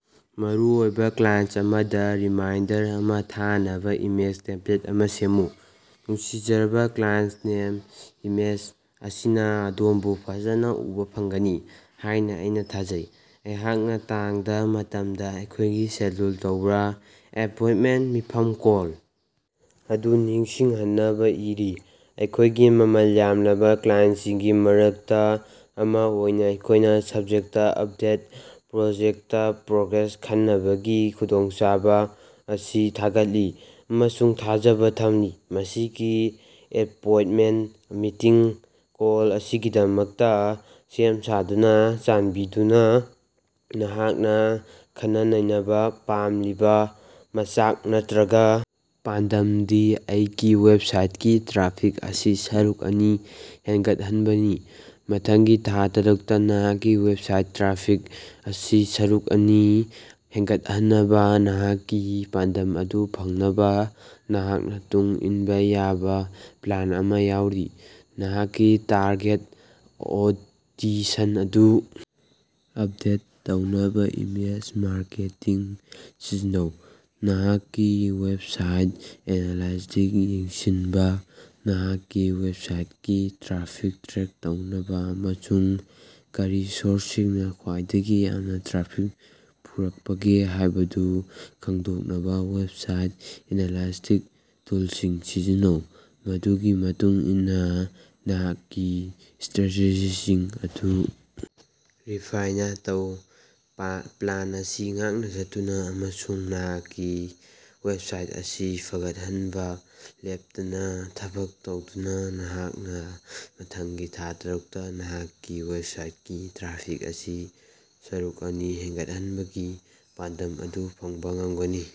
ꯃꯔꯨꯑꯣꯏꯕꯥ ꯀ꯭ꯂꯥꯏꯟꯁ ꯑꯃꯗꯥ ꯔꯤꯃꯥꯏꯟꯗꯔ ꯑꯃꯥ ꯊꯥꯅꯕꯥ ꯏꯃꯦꯖ ꯇꯦꯝꯄ꯭ꯂꯦꯠ ꯑꯃꯥ ꯁꯦꯝꯃꯨ꯫ ꯅꯨꯡꯁꯤꯖꯔꯕꯥ ꯀ꯭ꯂꯥꯏꯟꯁꯇ ꯅꯦꯝ, ꯏꯃꯦꯖ ꯑꯁꯤꯅꯥ ꯑꯗꯣꯝꯕꯨ ꯐꯖꯅꯥ ꯎꯕꯥ ꯐꯪꯒꯅꯤ ꯍꯥꯢꯅꯥ ꯑꯩꯅꯥ ꯊꯥꯖꯩ꯫ ꯑꯩꯍꯥꯛꯅꯥ ꯇꯥꯡ ꯗꯥ ,ꯃꯇꯝ ꯗꯥ ꯑꯩꯈꯣꯢꯒꯤ ꯁꯦꯗ꯭ꯌꯨꯜ ꯇꯧꯔꯕꯥ ꯑꯦꯄꯣꯏꯟꯇꯃꯦꯟꯇ ꯃꯤꯐꯝ ꯀꯣꯜ ꯑꯗꯨ ꯅꯤꯡꯁꯤꯡꯍꯟꯅꯕꯥ ꯏꯔꯤ꯫ ꯑꯩꯈꯣꯢꯒꯤ ꯃꯃꯜ ꯌꯥꯝꯂꯕꯥ ꯀ꯭ꯂꯥꯏꯟꯁꯁꯤꯡꯒꯤ ꯃꯔꯛꯇꯥ ꯑꯃꯥ ꯑꯣꯏꯅꯥ ꯑꯩꯈꯣꯢꯅꯥ ꯁꯕꯖꯦꯛꯇ ꯑꯞꯗꯦꯠ ꯄ꯭ꯔꯣꯖꯦꯛꯇ ꯄ꯭ꯔꯣꯒ꯭ꯔꯦꯁ ꯈꯟꯅꯕꯒꯤ ꯈꯨꯗꯣꯡꯆꯥꯕꯥ ꯑꯁꯤ ꯊꯥꯒꯠꯂꯤ ꯑꯃꯁꯨꯡ ꯊꯥꯖꯕꯥ ꯊꯝꯂꯤ꯫ ꯃꯁꯤꯒꯤ ꯑꯦꯄꯣꯏꯟꯇꯃꯦꯟꯠ ꯃꯤꯇꯤꯡ ꯀꯣꯜ ꯑꯁꯤꯒꯤꯗꯃꯛꯇꯥ ꯁꯦꯝ-ꯁꯥꯗꯨꯅꯥ, ꯆꯥꯟꯕꯤꯗꯨꯅꯥ ꯅꯍꯥꯛꯅꯥ ꯈꯟꯅꯅꯩꯅꯕꯥ ꯄꯥꯝꯂꯤꯕꯥ ꯃꯆꯥꯛ ꯅꯠꯇ꯭ꯔꯒꯥ ꯄꯥꯟꯗꯝꯗꯤ ꯑꯩꯒꯤ ꯋꯦꯕꯁꯥꯏꯠꯀꯤ ꯇ꯭ꯔꯥꯐꯤꯛ ꯑꯁꯤ ꯁꯔꯨꯛ ꯑꯅꯤ ꯍꯦꯟꯒꯠꯍꯟꯕꯅꯤ꯫ ꯃꯊꯪꯒꯤ ꯊꯥ ꯇꯔꯨꯛꯇꯥ ꯅꯍꯥꯛꯀꯤ ꯋꯦꯕꯁꯥꯏꯠ ꯇ꯭ꯔꯥꯐꯤꯛ ꯑꯁꯤ ꯁꯔꯨꯛ ꯑꯅꯤ ꯍꯦꯟꯒꯠꯍꯟꯅꯕꯥ ꯅꯍꯥꯛꯀꯤ ꯄꯥꯟꯗꯝ ꯑꯗꯨ ꯐꯪꯅꯕꯥ ꯅꯍꯥꯛꯅꯥ ꯇꯨꯡ ꯏꯟꯕꯥ ꯌꯥꯕꯥ ꯄ꯭ꯂꯥꯟ ꯑꯃꯥ ꯌꯥꯎꯔꯤ, ꯅꯍꯥꯛꯀꯤ ꯇꯥꯔꯒꯦꯠ ꯑꯣꯗꯤꯁꯟ ꯑꯗꯨ ꯑꯞꯗꯦꯠ ꯇꯧꯅꯕꯥ ꯏꯃꯦꯖ ꯃꯥꯔꯀꯦꯇꯤꯡ ꯁꯤꯖꯤꯟꯅꯧ꯫ ꯅꯍꯥꯛꯀꯤ ꯋꯦꯕꯁꯥꯏꯠ ꯑꯦꯅꯥꯂꯥꯏꯇꯤꯛꯁ ꯌꯦꯡꯁꯤꯟꯕꯥ: ꯅꯍꯥꯛꯀꯤ ꯋꯦꯕꯁꯥꯏꯠꯀꯤ ꯇ꯭ꯔꯥꯐꯤꯛ ꯇ꯭ꯔꯦꯛ ꯇꯧꯅꯕꯥ ꯑꯃꯁꯨꯡ ꯀꯔꯤ ꯁꯣꯔꯁꯁꯤꯡꯅꯥ ꯈ꯭ꯋꯥꯏꯗꯒꯤ ꯌꯥꯝꯅꯥ ꯇ꯭ꯔꯥꯐꯤꯛ ꯄꯨꯔꯛꯄꯒꯦ ꯍꯥꯢꯕꯗꯨ ꯈꯪꯗꯣꯛꯅꯕꯥ ꯋꯦꯕꯁꯥꯏꯠ ꯑꯦꯅꯥꯂꯥꯏꯇꯤꯛꯁ ꯇꯨꯜꯁꯤꯡ ꯁꯤꯖꯤꯟꯅꯧ꯫ ꯃꯗꯨꯒꯤ ꯃꯇꯨꯡ ꯏꯟꯅꯥ ꯅꯍꯥꯛꯀꯤ ꯁꯇ꯭ꯔꯦꯇꯦꯖꯤꯁꯤꯡ ꯑꯗꯨ ꯔꯤꯐꯥꯏꯟꯅꯥ ꯇꯧ꯫ ꯄ꯭ꯂꯥꯟ ꯑꯁꯤ ꯉꯥꯛꯅꯥ ꯆꯠꯇꯨꯅꯥ ꯑꯃꯁꯨꯡ ꯅꯍꯥꯛꯀꯤ ꯋꯦꯕꯁꯥꯏꯠ ꯑꯁꯤ ꯐꯒꯠꯍꯟꯅꯕꯥ ꯂꯦꯞꯇꯅꯥ ꯊꯕꯛ ꯇꯧꯗꯨꯅꯥ, ꯅꯍꯥꯛꯅꯥ ꯃꯊꯪꯒꯤ ꯊꯥ ꯇꯔꯨꯛꯇꯥ ꯅꯍꯥꯛꯀꯤ ꯋꯦꯕꯁꯥꯏꯠꯀꯤ ꯇ꯭ꯔꯥꯐꯤꯛ ꯑꯁꯤ ꯁꯔꯨꯛ ꯑꯅꯤ ꯍꯦꯟꯒꯠꯍꯟꯕꯒꯤ ꯄꯥꯟꯗꯝ ꯑꯗꯨ ꯐꯪꯕꯥ ꯉꯝꯒꯅꯤ꯫